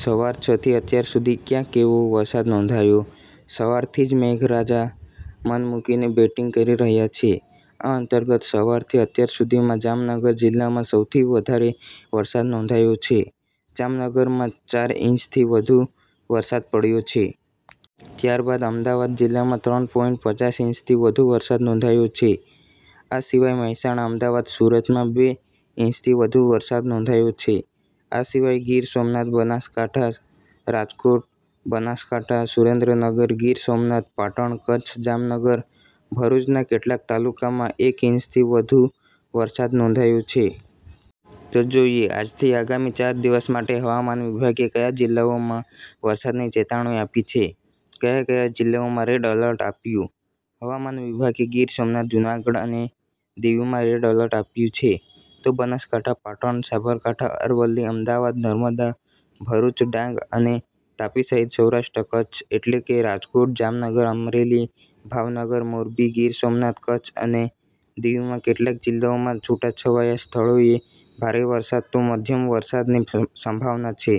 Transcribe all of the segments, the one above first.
સવાર છ થી અત્યાર સુધીમાં ક્યાં કેવો વરસાદ નોંધાયો? સવારથી જ મેઘરાજા મનમુકીને બેટીંગ કરી રહ્યા છે. આ અંતર્ગત સવારથી અત્યાર સુધીમાં જામનગર જિલ્લામાં સૌથી વધારે વરસાદ નોંધાયો છે. જામનગરમાં ચાર ઈંચથી વધુ વરસાદ પડ્યો છે. ત્યારબાદ અમદાવાદ જિલ્લામાં ત્રણ પોઈંટ પચાસ ઈંચથી વધુ વરસાદ નોંધાયો છે. આ સિવાય મહેસાણા, અમદાવાદ, સુરતમાં બે ઈંચથી વધુ વરસાદ નોંધાયો છે. આ સિવાય ગીર સોમનાથ, સાબરકાંઠા, રાજકોટ, બનાસકાંઠા, સુરેનદ્રનગર, ગીર સોમનાથ, પાટણ, કચ્છ, જામનગર, ભરૂચના કેટલાક તાલુકામાં એક ઈંચથી વધુ વરસાદ નોંધાયો છે. તો જોઈએ આજથી આગામી ચાર દિવસ માટે હવામાન વિભાગે કયા જિલ્લાઓમાં વરસાદની ચેતવણી આપી છે. ક્યા કયા જિલ્લામાં રેડ એલર્ટ આપ્યું? હવામાન વિભાગે ગીર સોમનાથ, જુનાગઢ અને દિવમાં રેડ એલર્ટ આપ્યું છે. તો બનાસકાંઠા, પાટણ, સાબરકાંઠા, અરવલ્લી, અમદાવાદ, નર્મદા, ભરૂચ, ડાંગ અને તાપી સહિત સૌરાષ્ટ્ર- કચ્છ એટલે કે રાજકોટ, જામનગર, અમરેલી, ભાવનગર, મોરબી, ગીર સોમનાથ, કચ્છ અને દીવમાં કેટલાક જિલ્લાઓમાં છૂટાછવાયા સ્થળોએ ભારે વરસાદ તો મધ્યમ વરસાદની સંભાવના છે.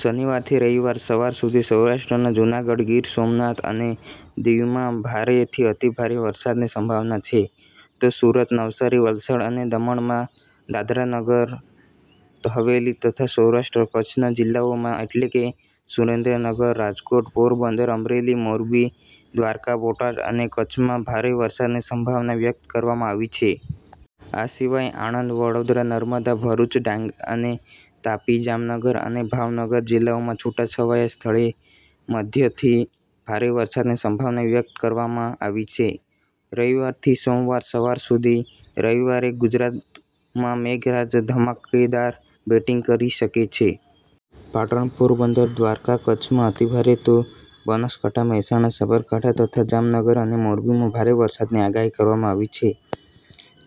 શનિવારથી રવિવાર સવાર સુધી સૌરાષ્ટ્રના જુનાગઢ, ગીર સોમનાથ અને દીવમાં ભારેથી અતિભારે વરસાદની સંભાવના છે. તો સુરત, નવસારી, વલસાડ અને દમણમાં, દાદરા નગર હવેલી તથા સૌરાષ્ટ્ર-કચ્છના જિલ્લાઓમાં એટલે કે સુરેન્દ્રનગર, રાજકોટ, પોરબંદર, અમરેલી, મોરબી, દ્વારકા, બોટાદ અને કચ્છમાં ભારે વરસાદની સંભાવના વ્યક્ત કરવામાં આવી છે. આ સિવાય આણંદ, વડોદરા, નર્મદા, ભરૂચ, ડાંગ અને તાપી, જામનગર અને ભાવનગર જિલ્લાઓમાં છૂટાછવાયા સ્થળે મધ્યમથી ભારે વરસાદની સંભાવના વ્યક્ત કરવામાં આવી છે. રવિવારથી સોમવાર સવાર સુધી રવિવારે ઉત્તર ગુજરાતમાં મેઘરાજા ધમાકેદાર બેટીંગ કરી શકે છે. પાટણ, પોરબંદર, દ્વારકા, કચ્છમાં અતિભારે તો બનાસકાંઠા, મહેસાણા, સાબરકાંઠા તથા જામનગર અને મોરબીમાં ભારે વરસાદની આગાહી કરવામાં આવી છે.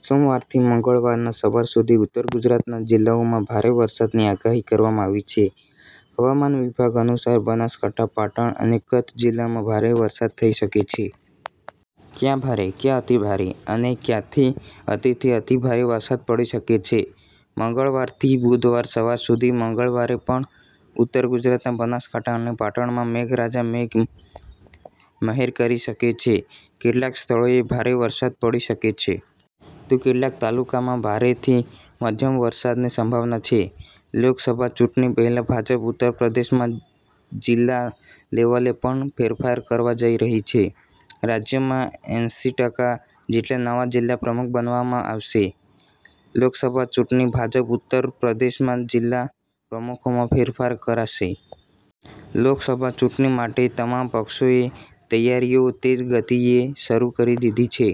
સોમવારથી મંગળવાર સવાર સુધી ઉત્તર ગુજરાતના જિલ્લાઓમાં ભારે વરસાદની આગાહી કરવામાં આવી છે. હવામાન વિભાગ અનુસાર, બનાસકાંઠા, પાટણ અને કચ્છ જિલ્લામાં ભારે વરસાદ થઈ શકે છે. ક્યાં ભારે, ક્યાં અતિભારે અને ક્યાં અતિથી અતિભારે વરસાદ પડી શકે છે? મંગળવારથી બુધવાર સવાર સુધી મંગળવારે પણ ઉત્તર ગુજરાતના બનાસકાંઠા અને પાટણમાં મેઘરાજા મેઘ મહેર કરી શકે છે. કેટલાક સ્થળોએ ભારે વરસાદ પડી શકે છે. તો કેટલાક તાલુકામાં ભારેથી મધ્યમ વરસાદની સંભાવના છે. લોકસભા ચૂંટણી પહેલા ભાજપ ઉત્તર પ્રદેશમાં જિલ્લા લેવલે પણ ફેરફાર કરવા જઈ રહી છે. રાજ્યમાં એંસી ટકા જેટલા નવા જિલ્લા પ્રમુખ બનાવવામાં આવશે. લોકસભા ચૂંટણી – ભાજપ ઉત્તર પ્રદેશમાં જિલ્લા પ્રમુખોમાં ફેરફાર કરશે. લોકસભા ચૂંટણી માટે તમામ પક્ષોએ તૈયારીઓ તેજ ગતિએ શરૂ કરી દીધી છે.